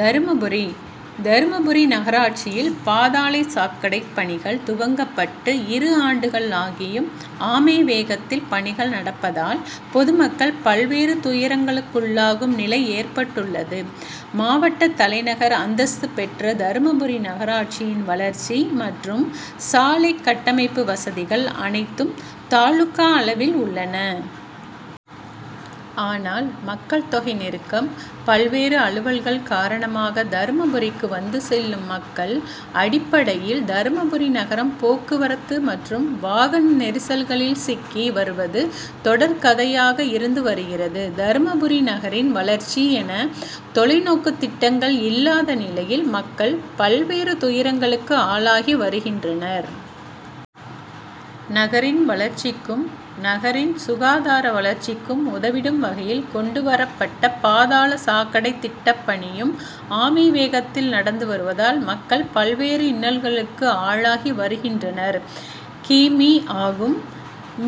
தர்மபுரி: தர்மபுரி நகராட்சியில் பாதாள சாக்கடை பணிகள் துவங்கப்பட்டு இரு ஆண்டுகள் ஆகியும், ஆமை வேகத்தில் பணிகள் நடப்பதால், பொதுமக்கள் பல்வேறு துயரங்களுக்கு உள்ளாகும் நிலை ஏற்பட்டுள்ளது. மாவட்ட தலைநகர் அந்தஸ்து பெற்ற தர்மபுரி நகராட்சியின் வளர்ச்சி மற்றும் சாலை கட்டமைப்பு வசதிகள் அனைத்தும் தாலுகா அளவில் உள்ளன. ஆனால், மக்கள் தொகை நெருக்கம், பல்வேறு அலுவல்கள் காரணமாக தர்மபுரிக்கு வந்து செல்லும் மக்கள் அடிப்படையில் தர்மபுரி நகரம் போக்குவரத்து மற்றும் வாகன நெரிசல்களில் சிக்கி வருவது தொடர் கதையாக இருந்து வருகிறது. தர்மபுரி நகரின் வளர்ச்சி என தொலை நோக்கு திட்டங்கள் இல்லாத நிலையில் மக்கள் பல்வேறு துயரங்களுக்கு ஆளாகி வருகின்றனர். நகரின் வளர்ச்சிக்கும், நகரின் சுகாதார வளர்ச்சிக்கும் உதவிடும் வகையில் கொண்டு வரப்பட்ட பாதாள சாக்கடை திட்ட பணியும் ஆமை வேகத்தில் நடந்து வருவதால், மக்கள் பல்வேறு இன்னல்களுக்கு ஆளாகி வருகின்றனர். கி. மீ., ஆகும்.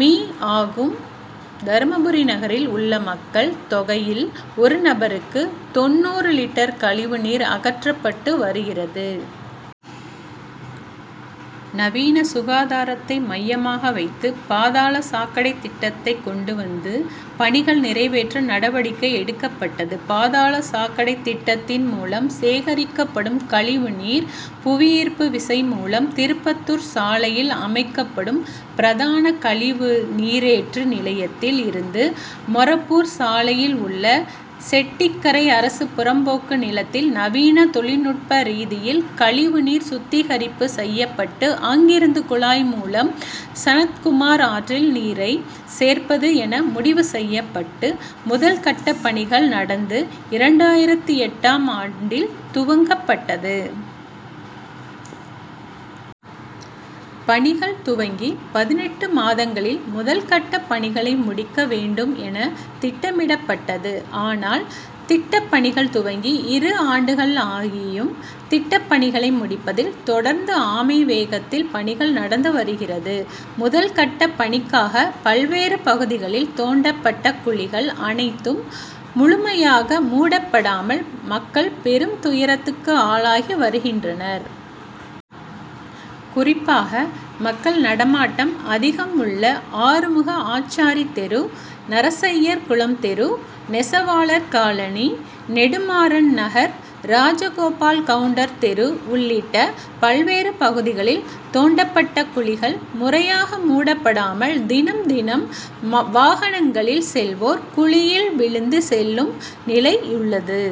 மீ., ஆகும். தர்மபுரி நகரில் உள்ள மக்கள் தொகையில் ஒரு நபருக்கு தொண்ணூறு லிட்டர் கழிவு நீர் அகற்றப்பட்டு வருகிறது. நவீன சுகாதாரத்தை மையமாக வைத்து பாதாள சாக்கடை திட்டத்தை கொண்டு வந்து பணிகள் நிறைவேற்ற நடவடிக்கை எடுக்கப்பட்டது. பாதாள சாக்கடை திட்டத்தின் மூலம் சேகரிக்கப்படும் கழிவு நீர் புவிஈர்ப்பு விசை மூலம் திருப்பத்தூர் சாலையில் அமைக்கப்படும் பிரதான கழிவு நீரேற்று நிலையத்தில் இருந்து மொரப்பூர் சாலையில் உள்ள செட்டிக்கரை அரசு புறம்போக்கு நிலத்தில் நவீன தொழில் நுட்ப ரீதியில் கழிவு நீர் சுத்திகரிப்பு செய்யப்பட்டு, அங்கிருந்து குழாய் மூலம் சனத்குமார் ஆற்றில் நீரை சேர்ப்பது என முடிவு செய்யப்பட்டு முதல் கட்ட பணிகள் நடந்து இரண்டாயிரத்து எட்டாம் ஆண்டில் துவங்கப்பட்டது. பணிகள் துவங்கி பதினெட்டு மாதங்களில் முதல் கட்ட பணிகளை முடிக்க வேண்டும் என திட்டமிடப்பட்டது. ஆனால், திட்ட பணிகள் துவங்கி இரு ஆண்டுகள் ஆகியும் திட்ட பணிகளை முடிப்பதில் தொடர்ந்து ஆமை வேகத்தில் பணிகள் நடந்து வருகிறது. முதல் கட்ட பணிக்காக பல்வேறு பகுதிகளில் தோண்டப்பட்ட குழிகள் அனைத்தும் முழுமையாக மூடப்படாமல் மக்கள் பெரும் துயரத்துக்கு ஆளாகி வருகின்றனர். குறிப்பாக மக்கள் நடமாட்டம் அதிகம் உள்ள ஆறுமுக ஆச்சாரி தெரு, நரசய்யர் குளம் தெரு, நெசவாளர் காலனி, நெடுமாறன் நகர், ராஜகோபால் கவுண்டர் தெரு உள்ளிட்ட பல்வேறு பகுதிகளில் தோண்டப்பட்ட குழிகள் முறையாக மூடாப்படாமல் தினம், தினம் வாகனங்களில் செல்வோர் குழியில் விழுந்து செல்லும் நிலையுள்ளது.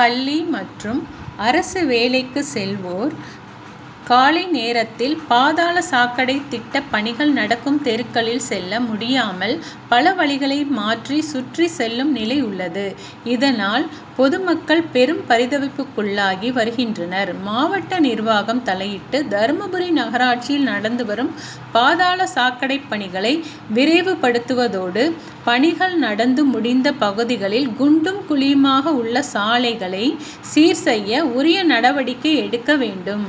பள்ளி மற்றும் அரசு வேலைக்கு செல்வோர் காலை நேரத்தில் பாதாள சாக்கடை திட்ட பணிகள் நடக்கும் தெருக்களில் செல்ல முடியாமல் பல வழிகளை மாற்றி சுற்றி செல்லும் நிலையுள்ளது. இதனால், பொதுமக்கள் பெரும் பரிதவிப்புக்குள்ளாகி வருகின்றனர். மாவட்ட நிர்வாகம் தலையீட்டு தர்மபுரி நகராட்சியில் நடந்து வரும் பாதாள சாக்கடை பணிகளை விரைவுப்படுத்துவதோடு, பணிகள் நடந்து முடிந்த பகுதிகளில் குண்டும் குழியுமாக உள்ள சாலைகளை சீர் செய்ய உரிய நடவடிக்கை எடுக்க வேண்டும்.